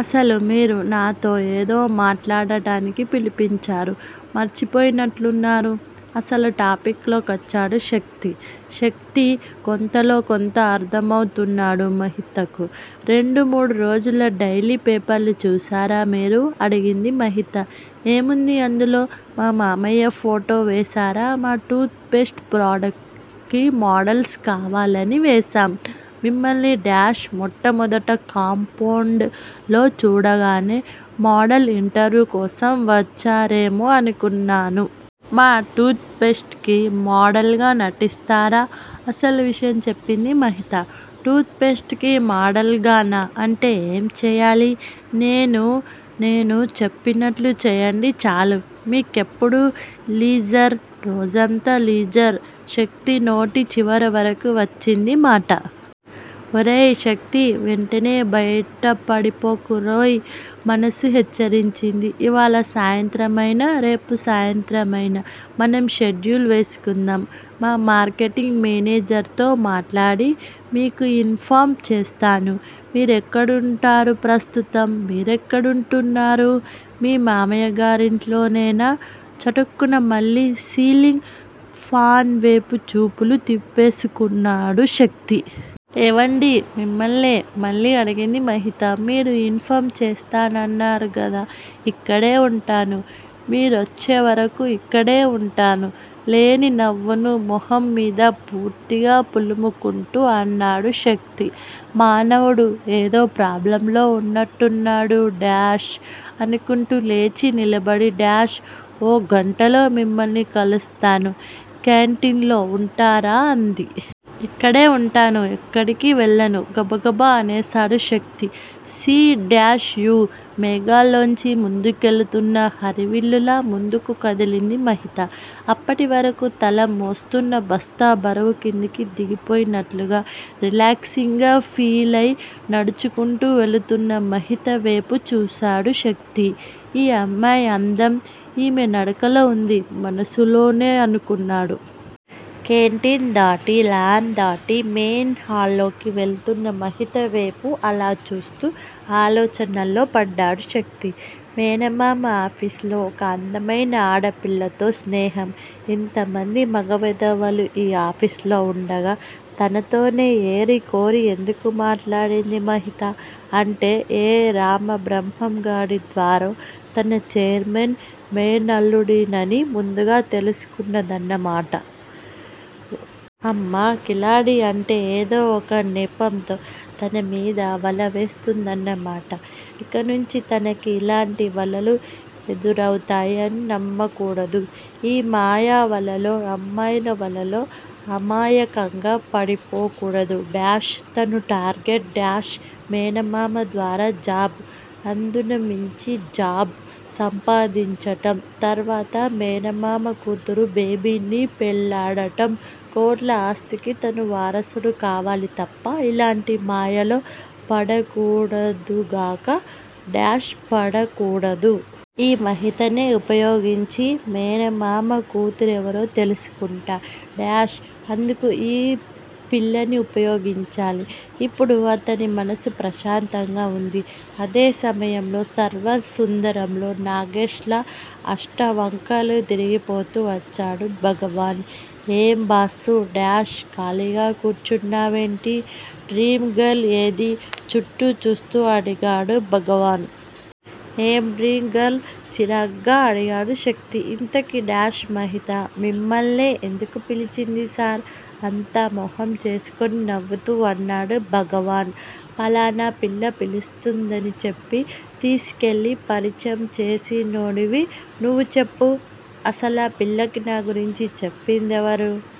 అసలు మీరు నాతో ఏదో మాట్లాడ్డానికి పిలిపించారు. మర్చిపోయినట్టున్నారు అసలు టాపిక్ లో కొచ్చాడు శక్తి. శక్తి కొంతలో, కొంత అర్థమౌతున్నాడు మహితకు. రెండు మూడు రోజుల డైలీ పేపర్లు చూసారా మీరు అడిగింది మహిత. ఏముంది అందులో మా మావయ్య ఫోటో వేసారా మా టూత్ పేస్ట్ ప్రొడక్ట్ కి మోడల్స్ కావాలని వేసాం మిమ్మల్ని- మొట్టమొదట కాంపౌండ్ లో చూడగానే, మోడల్ ఇంటర్వ్యూ కోసం వచ్చారేమో అనుకున్నాను. మా టూత్ పేస్ట్ కి మోడల్ గా నటిస్తారా? అసలు విషయం చెప్పింది మహిత. టూత్ పేస్ట్ కి మోడల్ గానా అంటే ఏం చేయాలి నేను నేను చెప్పినట్లు చెయ్యండి చాలు. మీకెప్పుడు లీజరు. రోజంతా లీజర్ శక్తి నోటి చివర వరకూ వచ్చిందా మాట. ఒరేయ్ శక్తీ వెంటనే బయటపడిపోకురోయ్ మనసు హెచ్చరించింది. ఇవాళ సాయంత్రమైనా, రేపు సాయంత్రమైనా మనం షెడ్యూల్ వేసుకుందాం. మా మార్కెటింగ్ మానేజర్ తో మాట్లాడి, మీకు ఇన్ ఫామ్ చేస్తాను. మీరెక్కడుంటారు ప్రస్తుతం మీరెక్కడుంటున్నారు. మీ మావయ్యగారింట్లోనేనా. చటుక్కున మళ్ళీ సీలింగ్ ఫాన్ వేపు చూపులు తిప్పేసుకున్నాడు శక్తి. ఏవండీ మిమ్మల్నే మళ్ళీ అడిగింది మహిత. మీరు ఇన్ ఫామ్ చేస్తానన్నారు గదా ఇక్కడే వుంటాను. మీరొచ్చే వరకూ ఇక్కడే ఉంటాను లేని నవ్వును మొహమ్మీద పూర్తిగా పులుముకుంటూ అన్నాడు శక్తి. మానవుడు ఏదో ప్రాబ్లమ్ లో ఉన్నట్లున్నాడు- అనుకుంటూ లేచి నిలబడి- ఒగ్గంటలో మిమ్మల్ని కలుస్తాను కేంటిన్లో వుంటారా అంది. ఇక్కడే వుంటాను. ఎక్కడికీ వెళ్ళను గబగబా అనేసాడు శక్తి. సీ-యూ మేఘాల్లోంచి ముందుకెళుతున్న హరివిల్లులా ముందుకు కదిలింది మహిత. అప్పటివరకూ తల మోస్తున్న బస్తా బరువు కిందకు దిగిపోయినట్లుగా రిలాక్సింగ్ గా ఫీలయి నడుచుకుంటూ వెళుతున్న మహితవేపు చూసాడు శక్తి. ఈ అమ్మాయి అందం, ఈమె నడకలో వుంది మనసులోనే అనుకున్నాడు. కేంటిన్ దాటి, లాన్ దాటి, మెయిన్ హాల్లోకి వెళ్ళిపోతున్న మహితవేపు అలా చూస్తూ ఆలోచనల్లో పడ్డాడు శక్తి. మేనమామ ఆఫీసులో ఒక అందమైన ఆడపిల్లతో స్నేహం. ఇంతమంది మగ వెధవలు ఈ ఆఫీసులో వుండగా, తనతోనే ఏరి కోరి ఎందుకు మాట్లాడింది మహిత? అంటే ఏ రామబ్రహ్మంగాడి ద్వారో, తన ఛైర్మెన్ మేనల్లుడినని ముందుగా తెలుసుకుందన్న మాట. హమ్మ కిలాడీ అంటే ఏదో ఒక నెపంతో తన మీద వల వేస్తుందన్న మాట. ఇక నుంచీ తనకి ఇలాంటి వలలు ఎదురౌతాయి నమ్మకూడదు. ఈ మాయ వలల్లో, అమ్మాయిల వలల్లో అమాయకంగా పడిపోకూడదు- తను టార్గెట్- మేనమామ ద్వారా జాబ్, అందునా మంచి జాబ్ సంపాదించటం, తర్వాత మేనమామ కూతురు బేబిని పెళ్లాడ్డం కోట్ల ఆస్తికి తను వారసుడు కావాలి తప్ప ఇలాంటి మాయలో పడకూడదుగాక- పడకూడదు. ఈ మహితనే ఉపయోగించి, మేనమామ కూతురెవరో తెలుసుకుంటా- అందుకు ఈ పిల్లని ఉపయోగించాలి. ఇప్పుడు, అతని మనసు ప్రశాంతంగా వుంది. అదే సమయంలో సర్వర్ సుందరంలో నాగేష్ లా అష్టవంకర్లు తిరిగిపోతూ వచ్చాడు భగవాన్. ఏం బాసూ- ఖాళీగా కూర్చున్నావేంటి. డ్రీమ్ గర్ల్ ఏదీ చుట్టూ చూస్తూ అడిగాడు భగవాన్. ఏం డ్రీమ్ గర్ల్ చిరాగ్గా అడిగాడు శక్తి. ఇంతకీ- మహిత, మిమ్మల్నే ఎందుకు పిలిచింది సార్ అంత మొహం చేసుకుని నవ్వుతూ అన్నాడు భగవాన్. ఫలానా పిల్ల పిలుస్తుందని చెప్పి, తీసుకెళ్ళి పరిచయం చేసినోడివి నువ్వు చెప్పు. అసలా పిల్లకు నాగురించి చెప్పిందెవరు